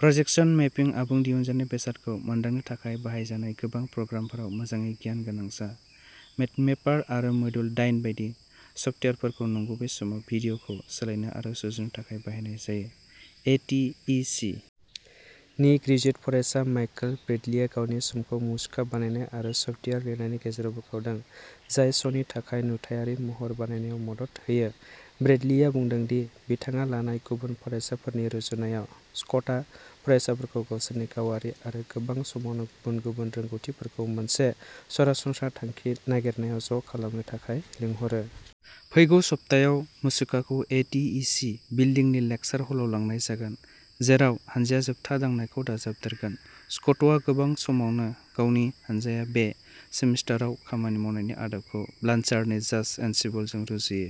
Projection मेपिं आबुं दिहुनजानाय बेसादखौ मोनदांनो थाखाय बाहायजानाय गोबां प्रग्रामफोराव मोजाङै गियान गोनां जा। मेडमेपार आरो मडुल दाइन बायदि सफ्टवेयारफोरखौ नंगुबै समाव भिडिय'खौ सोलायनो आरो सुजुनो थाखाय बाहायनाय जायो। ए. टि. इ. सि. -- नि ग्रेजुवेट फरायसा माइकेल ब्रेडलिआ गावनि समखौ मुसुखा बानायनाय आरो सफ्टवेयार लिरनायनि गेजेराव बोखावदों, जाय श'नि थाखाय नुथायारि महर बानायनायाव मदद होयो। ब्रेडलिआ बुंदोंमोन दि बिथाङा लानाय गुबुन फरायफारिफोरनि रुजुनायाव, स्क'टआ फरायसाफोरखौ गावसोरनि गावारि आरो गोबां समावनो गुबुन-गुबुन रोंग'थिफोरखौ मोनसे सरासनस्रा थांखि नागिरनायाव ज'खालामनो थाखाय लिंहरो। फैगौ सप्तायाव, मुसुखाखौ ए. टि. इ. सि. बिल्दिंनि लेकसार हलाव लांनाय जागोन, जेराव हानजाया जोबथा दांनायखौ दाजाबदेरगोन। स्क'टआ गोबां समावनो गावनि हानजाया बे सेमिस्टाराव खामानि मावनायनि आदबखौ ब्लानचार्डनि जाज एन्सेम्बलजों रुजुयो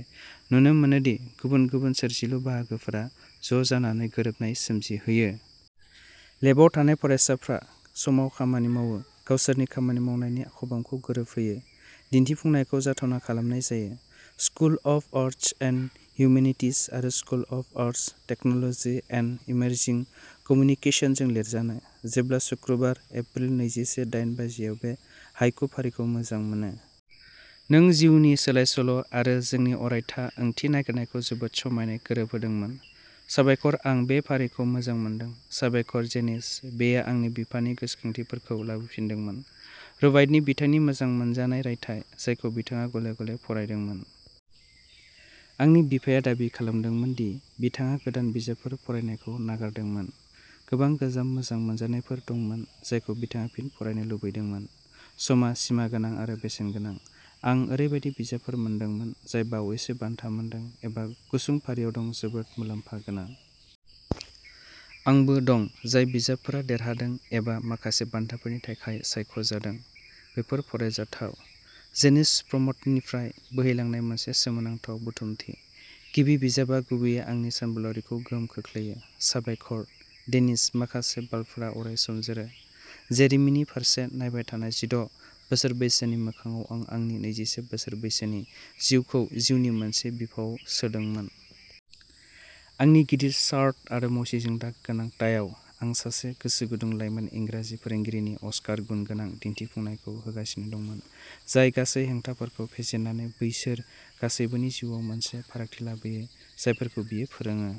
नुनो मोनोदि गुबुन गुबुन सोरजिलु बाहागोफोरा ज'जानानै गोरोबनाय सोमजिहोयो। लेबआव थानाय फरायसाफ्रा समाव खामानि मावो, गावसोरनि खामानि मावनायनि खबामखौ गोरोबहोयो। दिन्थिफुंनायखौ जाथावना खालामनाय जायो। School of arts and humanities आरो school of arts, technology, and emerging communication जों लिरजानाय। जेब्ला सुक्रुबार, एप्रिल नैजिसे दाइन बाजिआव बे हाइकु फारिखौ मोजां मोनो। नों जिउनि सोलायसोल' आरो जोंनि अरायथा ओंथि नागिरनायखौ जोबोद समायनाय गोरोबहोदोंमोन। साबायखर आं बे फारिखौ मोजां मोनदों। साबायखर जेनिस। बेयो आंनि बिफानि गोसोखांथिफोरखौ लाबोफिनदोंमोन, रुबायतनि बिथांनि मोजां मोनजानाय रायथाइ, जायखौ बिथाङा गले-गले फरायदोंमोन। आंनि बिफाया दाबि खालामदोंमोन दि बिथाङा गोदान बिजाबफोर फरायनायखौ नागारदोंमोन। गोबां गोजाम मोजां मोनजानायफोर दंमोन जायखौ बिथाङा फिन फरायनो लुबैदोंमोन। समआ सिमागोनां आरो बेसेनगोनां आं ओरैबायदि बिजाबफोर मोनदोंमोन जाय बावैसो बान्था मोनदों एबा गुसुं फारियाव दं जोबोद मुलाम्फा गोनां। आंबो दं जाय बिजाबफोरा देरहादों एबा माखासे बान्थाफोरनि थाखाय सायख'जादों बेफोर फरायजाथाव। जेनिस प्रम्पटनिफ्राय बोहैलांनाय मोनसे सोमोनांथाव बुथुमथि। गिबि बिजाबआ गुबैयै आंनि सानबोलावरिखौ गोहोम खोख्लैयो। साबायखर डेनिस माखासे बाल्बफोरा अरायसम जोरो। जेरेमीनि फारसे नायबाय थानाय जिद’ बोसोर बैसोनि मोखांआव आं आंनि नैजिसे बोसोर बैसोनि जिउखौ जिउनि मोनसे बिफावआव सोदोंमोन। आंनि गिदिर शार्ट आरो मसिजों दाग गोनां टाइआव, आं सासे गोसो गुदुं लाइमोन इंराजि फोरोंगिरिनि अस्कार गुन गोनां दिन्थिफुंनायखौ होगासिनो दंमोन जाय गासै हेंथाफोरखौ फेजेननानै बैसोर गासैबोनि जिउआव मोनसे फारागथि लाबोयो जायफोरखौ बियो फोरोङो।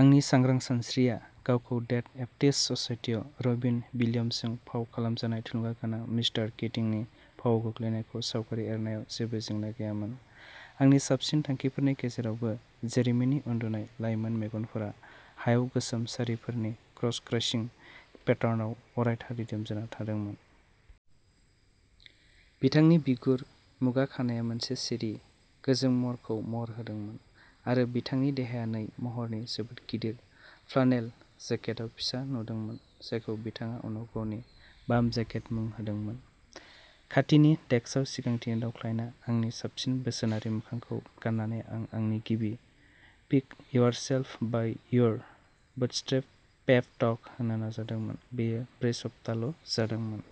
आंनि सांग्रां सानस्रिया गावखौ डेड पएट्स ससाइटिआव रबिन विलियम्सजों फाव खालामजानाय थुलुंगागोनां मिस्टार किटिंनि फावआव गोग्लैनायखौ सावगारि एरनायाव जेबो जेंना गैयामोन। आंनि साबसिन थांखिफोरनि गेजेरावबो, जेरेमिनि उन्दुनाय लाइमोन मेगनफोरा हायाव गोसोम सारिफोरनि क्रसक्रसिं पेटार्नाव अरायथा दिदोम जाना थादोंमोन। बिथांनि बिगुर, मुगा खानाया मोनसे सिरि, गोजों महरखौ महर होदोंमोन, आरो बिथांनि देहाया नै महरनि जोबोद गिदिर फ्लानेल जेकेटआव फिसा नुदोंमोन जायखौ बिथाङा उनाव गावनि "बाम जेकेट" मुं होदोंमोन। खाथिनि डेस्कआव सिगांथिं दावख्लायना आंनि साबसिन बोसोनारि मोखांखौ गाननानै आं आंनि गिबि "पिक-योरसेल्फ-बाय-योर-बुटस्ट्रैप्स" पेप टक होनो नाजादोंमोन बेयो ब्रै सप्ताल' जादोंमोन।